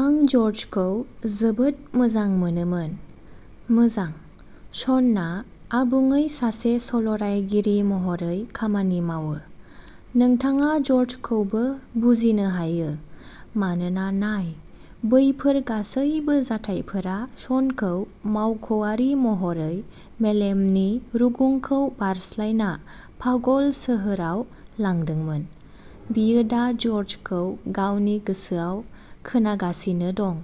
आं जर्जखौ जोबोद मोजां मोनोमोन। मोजां, शनआ आबुङै सासे सल'रायगिरि महरै खामानि मावो। नोंथाङा जर्जखौबो बुजिनो हायो, मानोना, नाय, बैफोर गासैबो जाथायफोरा श'नखौ मावख'आरि महरै मेलेमनि रुगुंखौ बारस्लायना पागल सोहोराव लांदोंमोन। बियो दा जर्जखौ गावनि गोसोआव खोनागासिनो दं,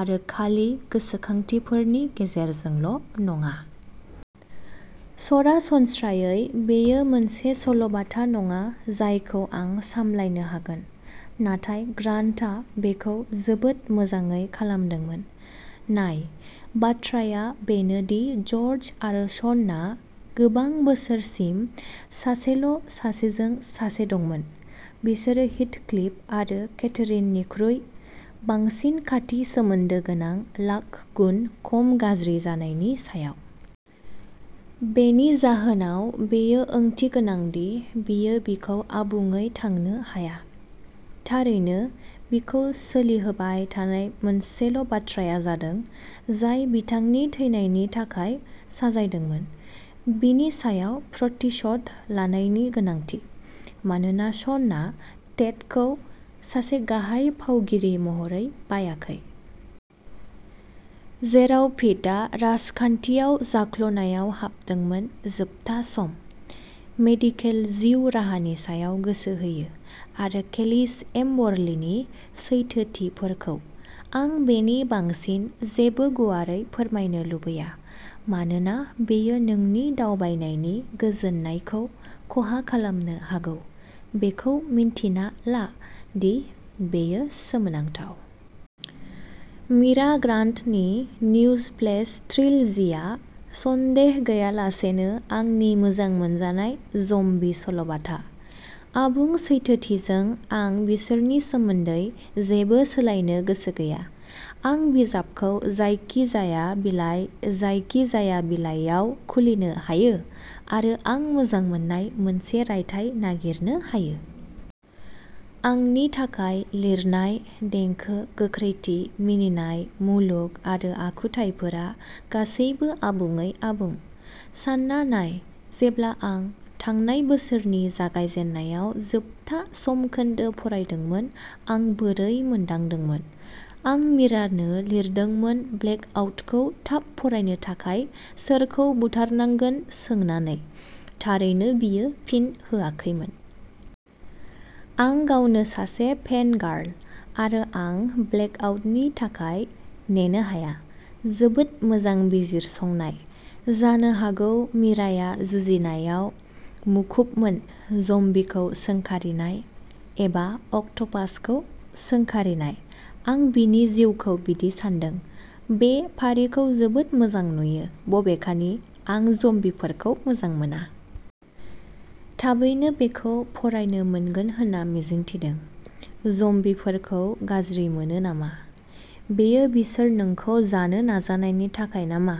आरो खालि गोसोखांथिफोरनि गेजेरजोंल'नङा। सरासनस्रायै, बेयो मोनसे सल'बाथा नङा जायखौ आं सामलायनो हागोन, नाथाय ग्रान्टआ बेखौ जोबोद मोजाङै खालामदोंमोन। नाय, बाथ्राया बेनो दि जर्ज आरो श'नआ गोबां बोसोरसिम सासेल'सासेजों सासे दंमोन। बिसोरो हीथक्लिफ आरो केथरीननिख्रुइ बांसिन खाथि सोमोन्दो गोनां, लाख गुन खम गाज्रि जानायनि सायाव। बेनि जाहोनाव, बेयो ओंथिगोनां दि बियो बिखौ आबुङै थांनो हाया। थारैनो, बिखौ सोलिहोबाय थानाय मोनसेल'बाथ्राया जादों जाय बिथांनि थैनायनि थाखाय साजायदोंमोन, बिनि सायाव प्रतिशोध लानायनि गोनांथि, मानोना श'नआ टेटखौ सासे गाहाय फावगिरि महरै बायाखै। जेराव फीडा राजखान्थियाव जाख्ल'नायाव हाबदोंमोन, जोबथा सम। मेडिकेल जिउ राहानि सायाव गोसो होयो, आरो केलिस-एम्बर्लिनि सैथोथिफोरखौ। आं बेनि बांसिन जेबो गुवारै फोरमायनो लुबैया, मानोना बेयो नोंनि दावबायनायनि गोजोननायखौ खहा खालामनो हागौ। बेखौ मिन्थिना ला दि बेयो सोमोनांथाव। मिरा ग्रान्टनि निउजफ्लेश ट्रिलजिया, सन्देह गैयालासेनो, आंनि मोजां मोनजानाय ज'म्बि सल'बाथा। आबुं सैथोथिजों, आं बिसोरनि सोमोन्दै जेबो सोलायनो गोसो गैया। आं बिजाबखौ जायखिजाया बिलाइ, जायखिजाया बिलाइयाव खुलिनो हायो, आरो आं मोजां मोननाय मोनसे रायथाइ नागिरनो हायो। आंनि थाखाय, लिरनाय, देंखो, गोख्रैथि, मिनिनाय, मुलुग आरो आखुथाइफोरा गासैबो आबुङै आबुं। सानना नाय जेब्ला आं थांनाय बोसोरनि जागायजेन्नायाव जोबथा समखोन्दो फरायदोंमोन आं बोरै मोनदांदोंमोन? आं मिरानो लिरदोंमोन ब्लेकआउटखौ थाब फरायनो थाखाय सोरखौ बुथारनांगोन सोंनानै थारैनो बियो फिन होआखैमोन। आं गावनो सासे फेन गार्ल, आरो आं ब्लेकआउटनि थाखाय नेनो हाया। जोबोद मोजां बिजिरसंनाय! जानो हागौ मिराया जुजिनायआव मुखुबमोन। ज'म्बीखौ सोंखारिनाय। एबा अक्ट'पासखौ सोंखारिनाय। आं बिनि जिउखौ बिदि सानदों। बे फारिखौ जोबोद मोजां नुयो, बबेखानि आं ज'म्बीफोरखौ मोजां मोना। थाबैनो बेखौ फरायनो मोनगोन होनना मिजिं थिदों। ज'म्बीफोरखौ गाज्रि मोनो नामा?? बेयो बिसोर नोंखौ जानो नाजानायनि थाखाय नामा,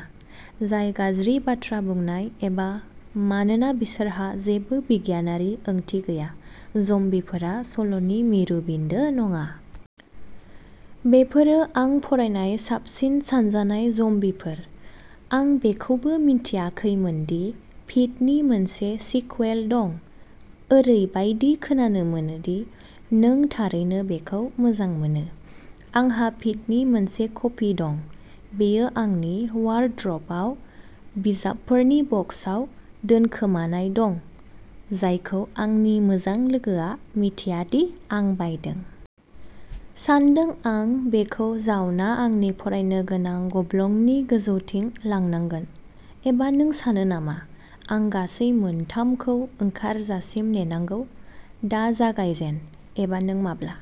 जाय गाज्रि बाथ्रा बुंनाय, एबा मानोना बिसोरहा जेबो बिगियानारि ओंथि गैया? ज'म्बीफोरा सल'नि मिरु बिन्दो नङा। बेफोरो आं फरायनाय साबसिन सानजानाय ज'म्बीफोर। आं बेखौबो मिन्थियाखैमोन दि'फीड'नि मोनसे सिक्वेल दं! ओरैबायदि खोनानो मोनो दि नों थारैनो बेखौ मोजां मोनो! आंहा फिडनि मोनसे कपि दं, बेयो आंनि वार्ड्रोबआव बिजाबफोरनि बक्सआव दोनखोमानाय दं जायखौ आंनि मोजां लोगोआ मिथिया दि आं बायदों! सानदों आं बेखौ जावना आंनि फरायनो गोनां गब्लंनि गोजौथिं लांनांगोन! एबा नों सानो नामा आं गासै मोन थाम खौ ओंखारजासिम नेनांगौ? दा जागायजेन! एबा नों माब्ला?